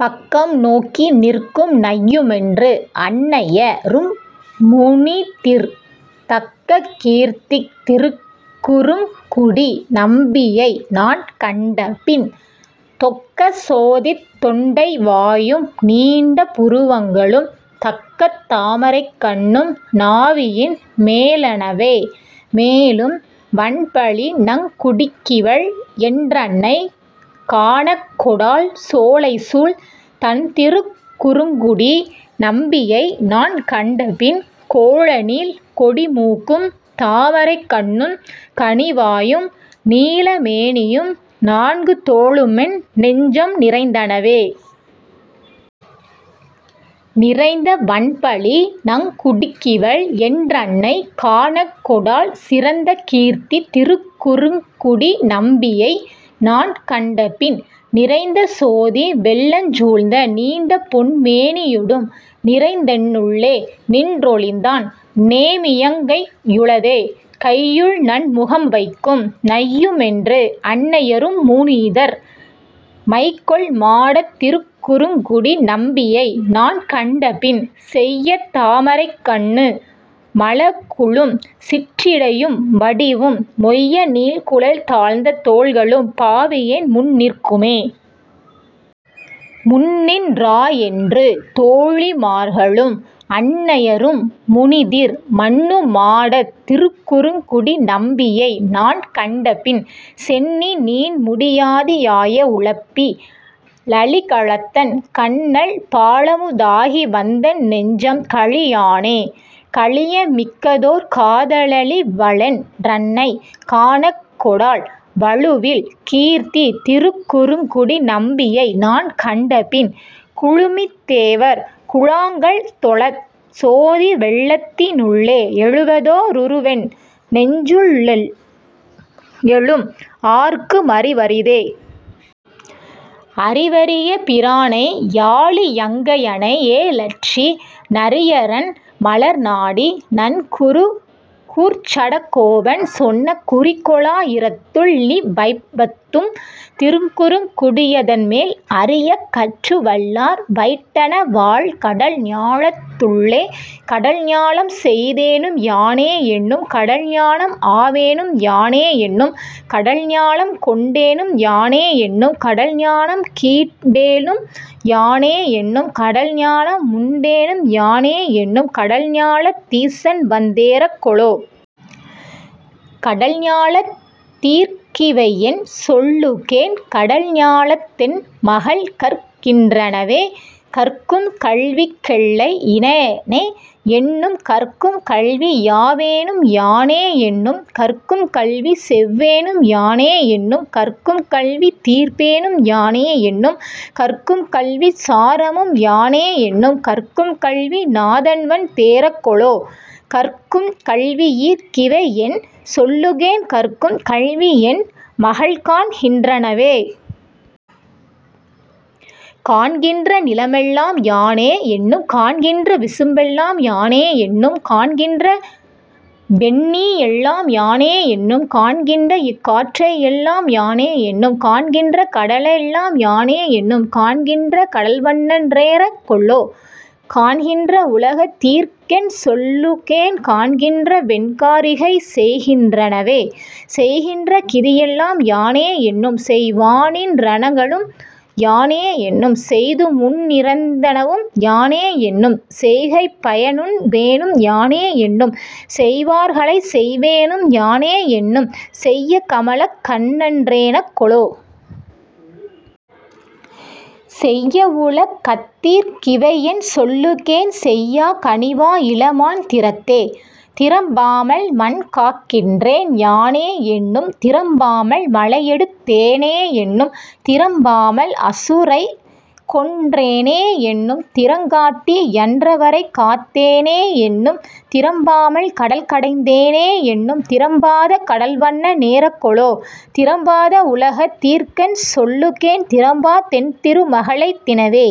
பக்கம்நோக்கி நிற்கும் நையுமென்று। அன்னைய ரும்முனிதிர், தக்ககீர்த்திக் திருக்கு றுங்குடி நம்பியை நான்கண்டபின் தொக்கசோதித் தொண்டை வாயும் நீண்ட புருவங்களும், தக்கதாமரைக் கண்ணும் னாவியின் மேலனவே.. மேலும் வன்பழி நங்குடிக்கிவள் என்றன்னை காணக்கொடாள் சோலைசூழ் தண்திருக் குறுங்குடி நம்பியை நான்கண்டபின், கோலநீள் கொடிமூக்கும் தாமரைக் கண்ணும் கனிவாயும், நீலமேனியும் நான்கு தோளுமென் நெஞ்சம் நிறைந்தனவே.. நிறைந்த வன்பழி நங்குடிக்கிவள் என்றன்னை காணக்கொடாள் சிறந்தகீர்த்தித் திருக்கு றுங்குடி நம்பியை நான்கண்டபின், நிறைந்தசோதி வெள்ளஞ் சூழ்ந்த நீண்டபொன் மேனியொடும் நிறைந்தென் னுள்ளே நின்றொழிந்தான் நேமியங் கையுளதே.. கையுள்நன் முகம்வைக்கும் நையுமென்று அன்னைய ரும்முனிதிர், மைகொள் மாடத் திருக்குறுங்குடி நம்பியை நான்கண்டபின், செய்யதாமரைக் கண்ணு மலகுலும் சிற்றிடை யும்வடிவும், மொய்யநீள்குழல் தாழ்ந்த தோள்களும் பாவியேன் முன்னிற்குமே.. முன்னின் றாயென்று தோழிமார்களும் அன்னைய ரும்முனிதிர், மன்னு மாடத் திருக்குறுங்குடி நம்பியை நான்கண்டபின், சென்னி நீண்முடி யாதியாய உலப்பி லணிகலத்தன், கன்னல் பாலமு தாகிவந்தென் நெஞ்சம் கழியானே.. கழியமிக்கதோர் காதல ளிவளென் றன்னை காணக்கொடாள், வழுவில் கீர்த்தித் திருக்குறுங்குடி நம்பியை நான்கண்டபின், குழுமித் தேவர் குழாங்கள்தொழச் சோதிவெள் ளத்தினுள்ளே, எழுவதோ ருருவென் னெஞ்சுள்ளெழும் ஆர்க்கு மறிவரிதே. அறிவரிய பிரானை யாழியங்கையனை யேயலற்றி, நறியநன் மலர்நாடி நன்குருகூர்ச்சடகோபன் சொன்ன, குறிகொளா யிரத்துள் ளிவைபத்தும் திருக்குறுங் குடியதன்மேல் அறியக் கற்றுவல்லார் வைட்டணவராழ்கடல் ஞாலத்துள்ளே. கடல்ஞாலம் செய்தேனும் யானே என்னும் கடல்ஞாலம் ஆவேனும் யானே என்னும், கடல்ஞாலம் கொண்டேனும் யானே என்னும் கடல்ஞாலம் கீண்டேனும் யானே என்னும், கடல்ஞாலம் முண்டேனும் யானே என்னும் கடல்ஞாலத் தீசன்வந் தேறக் கொலோ?, கடல்ஞா லத்தீர்க் கிவையென் சொல்லுகேன் கடல்ஞா லத்தென் மகள்கற் கின்றனவே?. கற்கும்கல் விக்கெல்லை யிலனே என்னும் கற்கும்கல்வி யாவேனும் யானே என்னும், கற்கும்கல்வி செவ்வேனும் யானே என்னும் கற்கும்கல்வி தீர்ப்பேனும் யானே என்னும், கற்கும்கல்விச் சாரமும் யானே என்னும் கற்கும்கல்வி நாதன்வன் தேறக் கொலோ?, கற்கும் கல்வியீர்க் கிவையென் சொல்லுகேன் கற்கும் கல்வியென் மகள்காண் கின்றனவே?. காண்கின்ற நிலமெல்லாம் யானே என்னும் காண்கின்ற விசும்பெல்லாம் யானே என்னும், காண்கின்ற வெந்தீயெல்லாம் யானே என்னும் காண்கின்ற இக்காற்றெல்லாம் யானே என்னும், காண்கின்ற கடலெல்லாம் யானே என்னும் காண்கின்ற கடல்வண்ண னேறக் கொலோ? காண்கின்ற வுலகத் தீர்க்கென் சொல்லுகேன் காண்கின்ற வென்கா ரிகைசெய் கின்றனவே?. செய்கின்ற கிதியெல்லாம் யானே என்னும் செய்வானின் றனகளும் யானே என்னும், செய்துமுன் னிறந்தனவும் யானே என்னும் செய்கைப்பய னுண்பேனும் யானே என்னும், செய்வார்களைச் செய்வேனும் யானே என்னும் செய்யகம லக்கண்ண னேறக் கொலோ? செய்யவுல கத்தீர்க் கிவையென் சொல்லுகேன் செய்ய கனிவா யிளமான் திறத்தே?. திறம்பாமல் மண்காக்கின்றேன் யானே என்னும் திறம்பாமல் மலையெடுத் தேனே என்னும், திறம்பாமல் அசுரரைக்கொன் றேனே என்னும் திறங்காட்டி யன்றைவரைக் காத்தேனே என்னும், திறம்பாமல் கடல்கடைந் தேனே என்னும் திறம்பாத கடல்வண்ண னேறக் கொலோ? திறம்பாத வுலகத் தீர்க்கென் சொல்லுகேன் திறம்பா தென்திரு மகளெய் தினவே?.